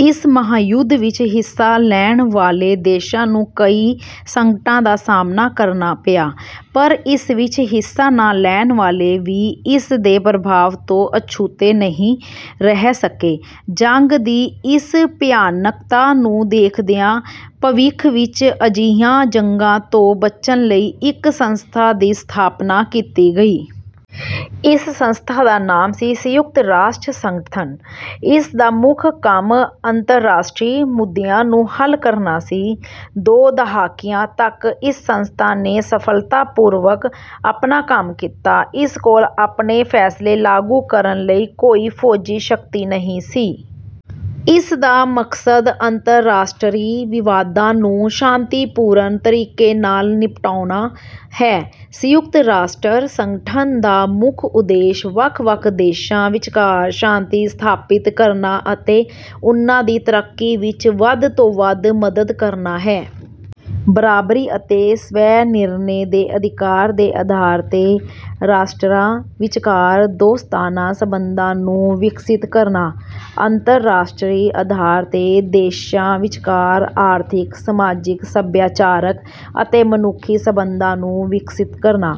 ਇਸ ਮਹਾਯੁੱਧ ਵਿੱਚ ਹਿੱਸਾ ਲੈਣ ਵਾਲੇ ਦੇਸ਼ਾਂ ਨੂੰ ਕਈ ਸੰਕਟਾਂ ਦਾ ਸਾਹਮਣਾ ਕਰਨਾ ਪਿਆ। ਪਰ ਇਸ ਵਿੱਚ ਹਿੱਸਾ ਨਾ ਲੈਣ ਵਾਲੇ ਵੀ ਇਸ ਦੇ ਪ੍ਰਭਾਵ ਤੋਂ ਅਛੂਤੇ ਨਹੀਂ ਰਹਿ ਸਕੇ। ਜੰਗ ਦੀ ਇਸ ਭਿਆਨਕਤਾ ਨੂੰ ਦੇਖਦਿਆਂ ਭਵਿੱਖ ਵਿੱਚ ਅਜਿਹੀਆਂ ਜੰਗਾਂ ਤੋਂ ਬਚਣ ਲਈ ਇੱਕ ਸੰਸਥਾ ਦੀ ਸਥਾਪਨਾ ਕੀਤੀ ਗਈ। ਇਸ ਸੰਸਥਾ ਦਾ ਨਾਮ ਸੀ – ਸੰਯੁਕਤ ਰਾਸ਼ਟਰ ਸੰਗਠਨ। ਇਸ ਦਾ ਮੁੱਖ ਕੰਮ ਅੰਤਰਰਾਸ਼ਟਰੀ ਮੁੱਦਿਆਂ ਨੂੰ ਹੱਲ ਕਰਨਾ ਸੀ। ਦੋ ਦਹਾਕਿਆਂ ਤੱਕ ਇਸ ਸੰਸਥਾ ਨੇ ਸਫਲਤਾਪੂਰਵਕ ਆਪਣਾ ਕੰਮ ਕੀਤਾ। ਇਸ ਕੋਲ ਆਪਣੇ ਫੈਸਲੇ ਲਾਗੂ ਕਰਨ ਲਈ ਕੋਈ ਫੌਜੀ ਸ਼ਕਤੀ ਨਹੀਂ ਸੀ। ਇਸ ਦਾ ਮਕਸਦ ਅੰਤਰਰਾਸ਼ਟਰੀ ਵਿਵਾਦਾਂ ਨੂੰ ਸ਼ਾਂਤੀਪੂਰਨ ਤਰੀਕੇ ਨਾਲ ਨਿਪਟਾਉਣਾ ਹੈ। ਸੰਯੁਕਤ ਰਾਸ਼ਟਰ ਸੰਗਠਨ ਦਾ ਮੁੱਖ ਉਦੇਸ਼ ਵੱਖ-ਵੱਖ ਦੇਸ਼ਾਂ ਵਿਚਕਾਰ ਸ਼ਾਂਤੀ ਸਥਾਪਿਤ ਕਰਨਾ ਅਤੇ ਉਨ੍ਹਾਂ ਦੀ ਤਰੱਕੀ ਵਿਚ ਵੱਧ ਤੋਂ ਵੱਧ ਮਦਦ ਕਰਨਾ ਹੈ। ਬਰਾਬਰੀ ਅਤੇ ਸਵੈ-ਨਿਰਣੇ ਦੇ ਅਧਿਕਾਰ ਦੇ ਆਧਾਰ 'ਤੇ ਰਾਸ਼ਟਰਾਂ ਵਿਚਕਾਰ ਦੋਸਤਾਨਾ ਸਬੰਧਾਂ ਨੂੰ ਵਿਕਸਿਤ ਕਰਨਾ। ਅੰਤਰਰਾਸ਼ਟਰੀ ਆਧਾਰ 'ਤੇ ਦੇਸ਼ਾਂ ਵਿਚਕਾਰ ਆਰਥਿਕ, ਸਮਾਜਿਕ, ਸੱਭਿਆਚਾਰਕ ਅਤੇ ਮਨੁੱਖੀ ਸਬੰਧਾਂ ਨੂੰ ਵਿਕਸਿਤ ਕਰਨਾ।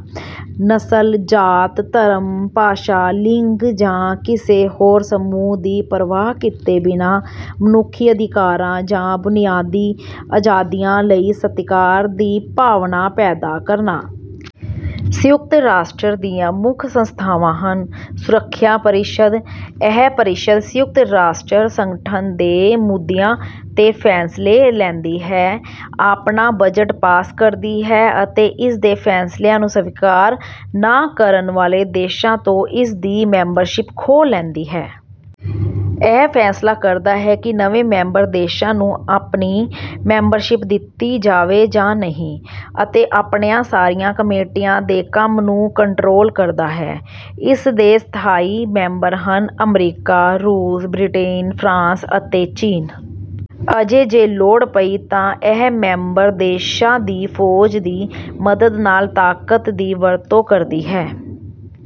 ਨਸਲ, ਜਾਤ, ਧਰਮ, ਭਾਸ਼ਾ, ਲਿੰਗ ਜਾਂ ਕਿਸੇ ਹੋਰ ਸਮੂਹ ਦੀ ਪਰਵਾਹ ਕੀਤੇ ਬਿਨਾਂ ਮਨੁੱਖੀ ਅਧਿਕਾਰਾਂ ਜਾਂ ਬੁਨਿਆਦੀ ਆਜ਼ਾਦੀਆਂ ਲਈ ਸਤਿਕਾਰ ਦੀ ਭਾਵਨਾ ਪੈਦਾ ਕਰਨਾ। ਸੰਯੁਕਤ ਰਾਸ਼ਟਰ ਦੀਆਂ ਮੁੱਖ ਸੰਸਥਾਵਾਂ ਹਨ- ਸੁਰੱਖਿਆ ਪਰਿਸ਼ਦ– ਇਹ ਪਰਿਸ਼ਦ ਸੰਯੁਕਤ ਰਾਸ਼ਟਰ ਸੰਗਠਨ ਦੇ ਮੁੱਦਿਆਂ 'ਤੇ ਫੈਸਲਾ ਲੈਂਦੀ ਹੈ, ਆਪਣਾ ਬਜਟ ਪਾਸ ਕਰਦੀ ਹੈ ਅਤੇ ਇਸ ਦੇ ਫੈਸਲਿਆਂ ਨੂੰ ਸਵੀਕਾਰ ਨਾ ਕਰਨ ਵਾਲੇ ਦੇਸ਼ਾਂ ਤੋਂ ਇਸ ਦੀ ਮੈਂਬਰਸ਼ਿਪ ਖੋਹ ਲੈਂਦੀ ਹੈ। ਇਹ ਫੈਸਲਾ ਕਰਦਾ ਹੈ ਕਿ ਨਵੇਂ ਮੈਂਬਰ ਦੇਸ਼ਾਂ ਨੂੰ ਆਪਣੀ ਮੈਂਬਰਸ਼ਿਪ ਦਿੱਤੀ ਜਾਵੇ ਜਾਂ ਨਹੀਂ। ਅਤੇ ਆਪਣੀਆਂ ਸਾਰੀਆਂ ਕਮੇਟੀਆਂ ਦੇ ਕੰਮ ਨੂੰ ਕੰਟਰੋਲ ਕਰਦਾ ਹੈ। ਇਸ ਦੇ ਸਥਾਈ ਮੈਂਬਰ ਹਨ – ਅਮਰੀਕਾ, ਰੂਸ, ਬ੍ਰਿਟੇਨ, ਫਰਾਂਸ ਅਤੇ ਚੀਨ। ਅਤੇ ਜੇ ਲੋੜ ਪਈ ਤਾਂ ਇਹ ਮੈਂਬਰ ਦੇਸ਼ਾਂ ਦੀ ਫੌਜ ਦੀ ਮਦਦ ਨਾਲ ਤਾਕਤ ਦੀ ਵਰਤੋਂ ਕਰਦੀ ਹੈ।